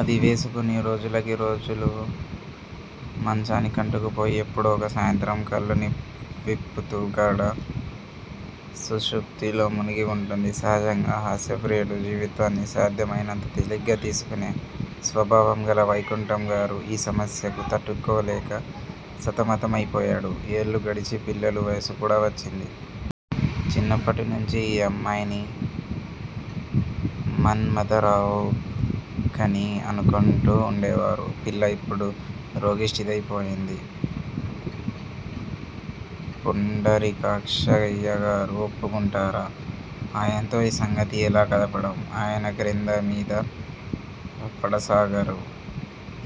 అది వేసుకుని రోజులకి రోజులు మంచానికంటుకు పోయి ఎప్పుడో ఒక సాయంత్రం కళ్ళు విప్పుతూ గాఢ సుషుప్తిలో మునిగి వుంటుంది. సహజంగా హాస్య ప్రియుడూ, జీవితాన్ని సాధ్యమైనంత తేలిగ్గా తీసుకునే స్వభావం గల వైకుంఠం గారు ఈ సమస్యకు తట్టుకోలేక సతమతమైపోయాడు. ఏళ్ళు గడిచి పిల్లలు వయసు కూడా వచ్చింది. చిన్నప్పటినుంచి ఈ అమ్మాయిని మన్మథరావుకని అనుకుంటూ వుండేవారు. పిల్ల ఇప్పుడు రోగిష్టిదాయి పోయింది. పుండరీకాక్షయ్యగారు ఒప్పుకుంటారా? ఆయన్తో ఈ సంగతి ఎలా కదపడం? ఆయన క్రిందా మీదా పడసాగారు.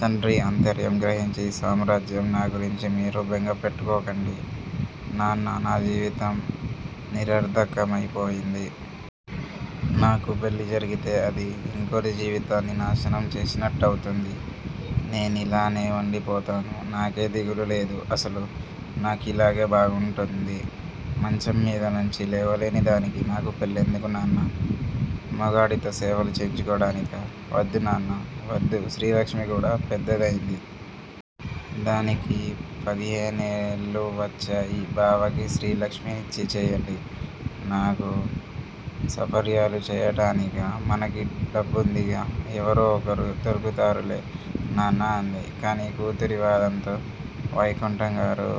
తండ్రి ఆంతర్యం గ్రహించి సామ్రాజ్యం నా గురించి మీరు బెంగ పెట్టుకోకండి. నాన్నా! నా జీవితం నిరర్ధకమైపోయింది. నాకు పెళ్ళి జరిగితే అది యింకోరి జీవితాన్ని నాశనం చేసినట్టవుతుంది. నేనిలానే వుండి పోతాను. నాకే దిగులూ లేదు. అసలు నాకిలాగే బాగుంటుంది. మంచం మీద నుంచి లేవలేని దానికి నాకు పెళ్లెందుకు నాన్నా? మొగాడితో సేవలు చేయించుకోడానికా? వద్దు నాన్నా! వద్దు శ్రీలక్ష్మి కూడా పెద్దదయింది. దానికి పదిహేనేళ్ళు వచ్చాయి. బావకి శ్రీ లక్ష్మినిచ్చి చెయ్యండి. నాకు సపర్యలు చెయ్యటానికా? మనకి డబ్బుందిగా? ఎవరో ఒకరు దొరుకుతారులే నాన్నా అంది. కాని కూతురి వాదంతో వైకుంఠంగారు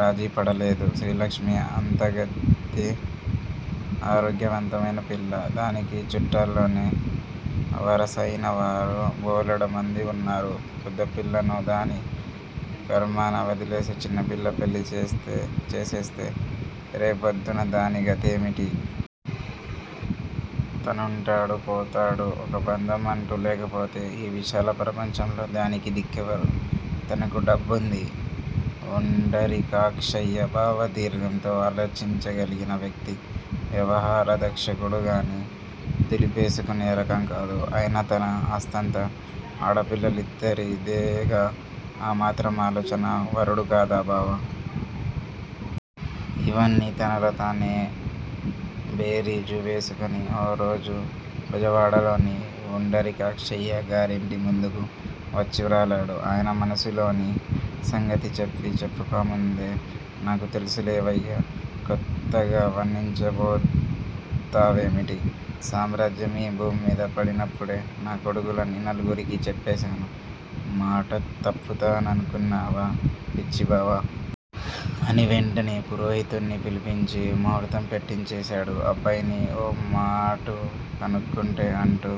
రాజీప డలేదు. శ్రీలక్ష్మి అందగత్తె ఆరోగ్యవంతమైన పిల్ల. దానికి చుట్టాల్లోనే వరసైనవారు బోలెడుమంది వున్నారు. పెద్దపిల్లను దాని కర్మాన వదిలేసి, చిన్నపిల్ల పెళ్ళి చేసేస్తే రేపొద్దున దాని గతేమిటి? తనుంటాడు, పోతాడు. ఒక బంధమంటూ లేకపోతే ఈ విశాల ప్రపంచంలో దానికి దిక్కెవరు? తనకు డబ్బుంది. పుండరీకాక్షయ్య బావ దీర్ఘంగా ఆలోచించ గలిగిన వ్యక్తి. వ్యవహారదక్షుడు గాని, దులిపేసుకునే రకం కాదు. అయినా తన ఆస్తంతా ఆడపిల్లలిద్దరిదేగా ఆ మాత్రం ఆలోచనా పరుడు కాదా బావ? ఇవన్నీ తనలో తానే బేరీజు వేసుకుని ఓ రోజు బెజవాడలోని పుండరీకాక్షయ్య గారింటి ముందుకు వచ్చి వ్రాలాడు. ఆయన మనసులోని సంగతి చెప్పీ చెప్పకముందే నాకు తెలుసులేవయ్యా! కొత్తగా వర్ణించబోతావేమిటి? సామ్రాజ్యం ఈ భూమ్మీద పడినప్పుడే నా కోడకులని నలుగురికీ చెప్పేశాను. మాట తప్పుతాననుకున్నావా? పిచ్చిబావ! అని వెంటనే పురోహితుడ్ని పిలిపించి ముహూర్తం పెట్టించేశాడు. అబ్బాయిని ఓమాటు కనుక్కుంటే? అంటూ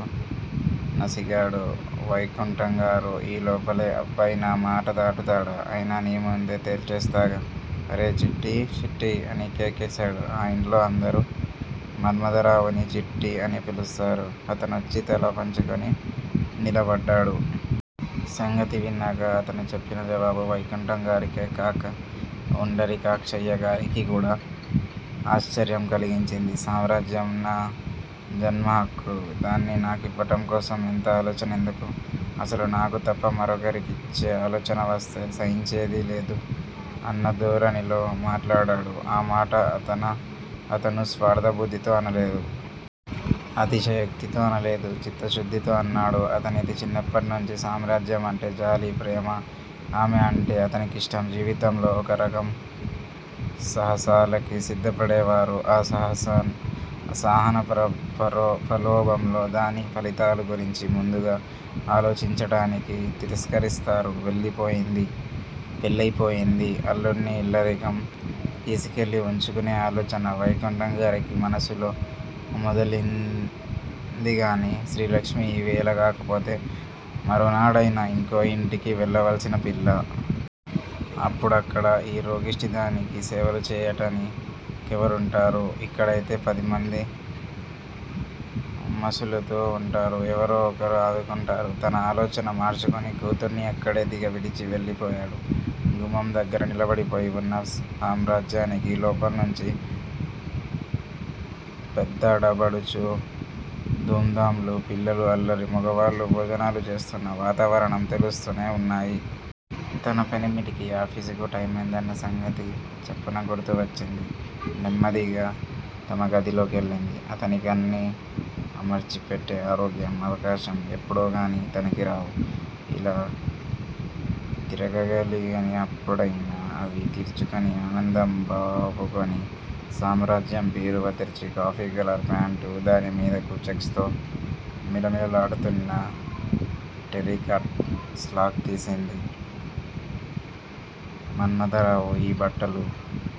నసిగాడు వైకుంఠంగారు. ఈలోపలే అబ్బాయి నామాట దాటుతాడా? అయినా నీముందే తేల్చేస్తాగా. అరేయ్ చిట్టీ, చిట్టీ! అని కేకేశాడు. ఆ యింట్లో అందరూ మన్మథరావుని చిట్టీ! అని పిలుస్తారు. అతనొచ్చి తల వంచుకుని నిలబడ్డాడు. సంగతి విన్నాక అతను చెప్పిన జవాబు వైకుంఠం గారికే కాక వుండరీకాక్షయ్యగారికి కూడా ఆశ్చర్యం కలిగించింది. సామ్రాజ్యం నా జన్మహక్కు దాన్ని నాకివ్వటం కోసం యింత ఆలోచనెందుకు? అసలు నాకు తప్ప మరొకరికిచ్చే ఆలోచన వస్తే సహించేది లేదు అన్నధోరణిలో మాట్లాడాడు. ఆ మాట అతను స్వార్ధ బుద్దితో అనలేదు. అతిశయోక్తితో అనలేదు. చిత్తశుద్దితో అన్నాడు. అతనికి చిన్నప్పట్నుంచీ సామ్రాజ్యమంటే జాలి, ప్రేమ. ఆమె అంటే అతనికిష్టం. జీవితంలో ఒక రకం సాహసాలకి సిద్దపడేవారు ఆ సాహస ప్రలోభంలో దాని ఫలితాల గురించి ముందుగా ఆలోచించటానికి తిరస్కరిస్తారు. పెళ్ళయిపోయింది. అల్లుడ్ని ఇల్లరికం తీసుకెళ్ళి వుంచుకునే ఆలోచన వైకుంఠంగారికి మనసులో మెదిలిందిగాని, శ్రీలక్ష్మి ఈవేళ గాకపోతే మరోనాడైనా యింకో యింటికి వెళ్ళవలసిన పిల్ల. అప్పుడక్కడ ఈ రోగిష్టి దానికి సేవలు చెయ్యటాని కెవరుంటారు? ఇక్కడయితే పదిమంది మసులుతూ వుంటారు. ఎవరో ఒకరు ఆదుకుంటారు. తన ఆలోచన మార్చుకుని కూతుర్ని అక్కడే దిగ విడిచి వెళ్ళిపోయాడు. గుమ్మం దగ్గర నిలబడిపోయి వున్న సామ్రాజ్యానికి లోపల్నుంచి పెద్దాడబడుచు ధూంధాంలు, పిల్లల అల్లరి, మొగవాళ్ళు భోజనాలు చేస్తోన్న వాతావరణం తెలుస్తూనే వున్నాయి. తన పెనిమిటికి ఆఫీసుకు టైమయిందన్న సంగతి చప్పున గుర్తువచ్చింది. నెమ్మదిగా తమ గదిలోకెళ్ళింది. అతనికన్నీ అమర్చిపెట్టే ఆరోగ్యం, అవకాశం ఎప్పుడోగాని తనకి రావు. ఇలా తిరగగలిగినప్పుడైనా అవి తీర్చుకుని ఆనందం బావుకోనీ. సామ్రాజ్యం బీరువా తెరిచి కాఫీ కలర్ ప్యాంటు, దాని మీదకు చెక్స్ తో మిలమిలలాడుతున్న టెరికాట్ స్లాక్ తీసింది. మన్మథరావు ఈ బట్టలు